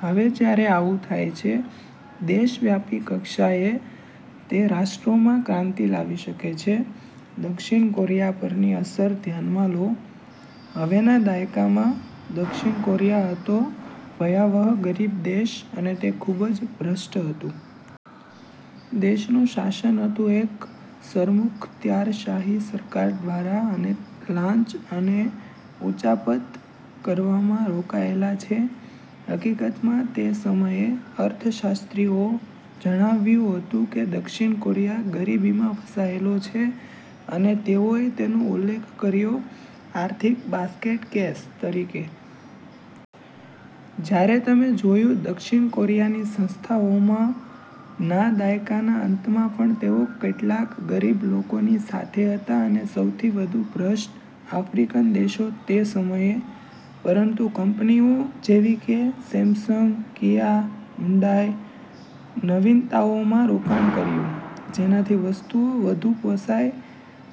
હવે જ્યારે આવું થાય છે દેશવ્યાપી કક્ષાએ, તે રાષ્ટ્રોમાં ક્રાંતિ લાવી શકે છે. દક્ષિણ કોરિયા પરની અસર ધ્યાનમાં લો. હવે ના દાયકામાં, દક્ષિણ કોરિયા હતો ભયાવહ ગરીબ દેશ અને તે ખૂબ જ ભ્રષ્ટ હતું. દેશનું શાસન હતું એક સરમુખત્યારશાહી સરકાર દ્વારા અને લાંચ અને ઉચાપત કરવામાં રોકાયેલા છે. હકીકતમાં તે સમયે અર્થશાસ્ત્રીઓ જણાવ્યું હતું કે દક્ષિણ કોરિયા ગરીબીમાં ફસાયેલો છે અને તેઓએ તેનો ઉલ્લેખ કર્યો "આર્થિક બાસ્કેટ કેસ" તરીકે. જ્યારે તમે જોયું દક્ષિણ કોરિયાની સંસ્થાઓમાં ના દાયકાના અંતમાં પણ તેઓ કેટલાક ગરીબ લોકોની સાથે હતા અને સૌથી વધુ ભ્રષ્ટ આફ્રિકન દેશો તે સમયે. પરંતુ કંપનીઓ જેવી કે સેમસંગ, કિયા, હ્યુન્ડાઇ નવીનતાઓમાં રોકાણ કર્યું, જેનાથી વસ્તુઓ વધુ પોસાય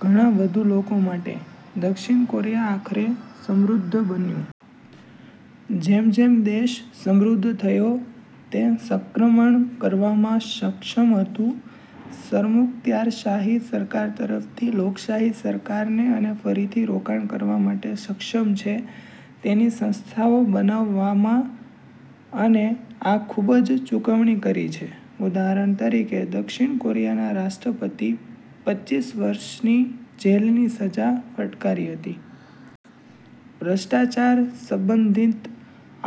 ઘણા વધુ લોકો માટે, દક્ષિણ કોરિયા આખરે સમૃદ્ધ બન્યું. જેમ જેમ દેશ સમૃદ્ધ થયો, તે સંક્રમણ કરવામાં સક્ષમ હતું સરમુખત્યારશાહી સરકાર તરફથી લોકશાહી સરકારને અને ફરીથી રોકાણ કરવા માટે સક્ષમ છે તેની સંસ્થાઓ બનાવવામાં અને આ ખૂબ જ ચૂકવણી કરી છે. ઉદાહરણ તરીકે દક્ષિણ કોરિયાના રાષ્ટ્રપતિ પચીસ વર્ષની જેલની સજા ફટકારી હતી. ભ્રષ્ટાચાર સંબંધિત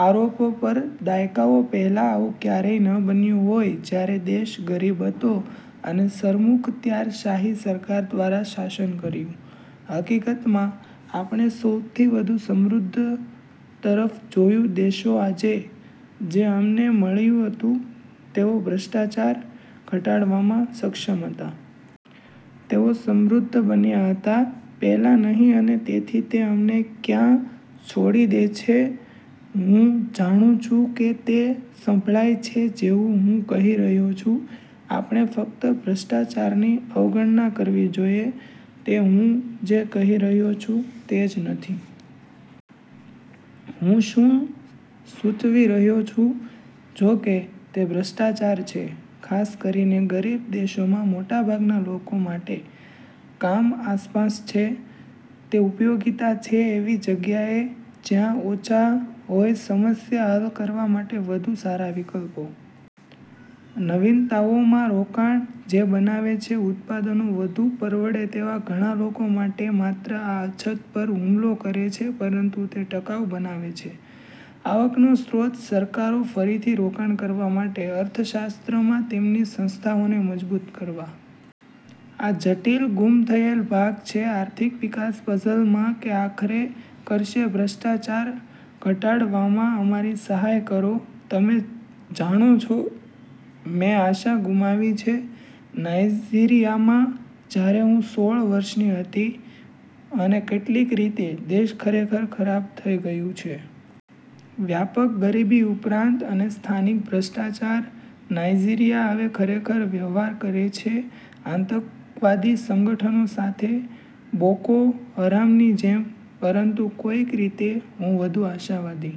આરોપો પર દાયકાઓ પહેલાં આવું ક્યારેય ન બન્યું હોય જ્યારે દેશ ગરીબ હતો અને સરમુખત્યારશાહી સરકાર દ્વારા શાસન કર્યું. હકીકતમાં, આપણે સૌથી વધુ સમૃદ્ધ તરફ જોયું દેશો આજે, જે અમને મળ્યું હતું, તેઓ ભ્રષ્ટાચાર ઘટાડવામાં સક્ષમ હતા. તેઓ સમૃદ્ધ બન્યા હતા પહેલાં નહીં અને તેથી તે અમને ક્યાં છોડી દે છે હું જાણું છું કે તે સંભળાય છે જેવું હું કહી રહ્યો છું .આપણે ફક્ત ભ્રષ્ટાચારની અવગણના કરવી જોઈએ. તે હું જે કહી રહ્યો છું તે જ નથી. હું શું સૂચવી રહ્યો છું, જોકે, તે ભ્રષ્ટાચાર છે, ખાસ કરીને ગરીબ દેશોમાં મોટાભાગના લોકો માટે, કામ આસપાસ છે. તે ઉપયોગિતા છે એવી જગ્યાએ જ્યાં ઓછા હોય સમસ્યા હલ કરવા માટે વધુ સારા વિકલ્પો. નવીનતાઓમાં રોકાણ જે બનાવે છે ઉત્પાદનો વધુ પરવડે તેવા ઘણા લોકો માટે માત્ર આ અછત પર હુમલો કરે છે પરંતુ તે ટકાઉ બનાવે છે. આવકનો સ્ત્રોત સરકારો ફરીથી રોકાણ કરવા માટે અર્થશાસ્ત્ર માં તેમની સંસ્થાઓને મજબૂત કરવા. આ જટિલ ગુમ થયેલ ભાગ છે આર્થિક વિકાસ પઝલ માં કે આખરે કરશે ભ્રષ્ટાચાર ઘટાડવામાં અમારી સહાય કરો. તમે જાણો છો, મેં આશા ગુમાવી છે નાઇજીરીયામાં જ્યારે હું સોળ વર્ષની હતી. અને કેટલીક રીતે, દેશ ખરેખર ખરાબ થઈ ગયું છે. વ્યાપક ગરીબી ઉપરાંત અને સ્થાનિક ભ્રષ્ટાચાર, નાઇજીરીયા હવે ખરેખર વ્યવહાર કરે છે આતંકવાદી સંગઠનો સાથે બોકો હરામની જેમ. પરંતુ કોઈક રીતે, હું વધુ આશાવાદી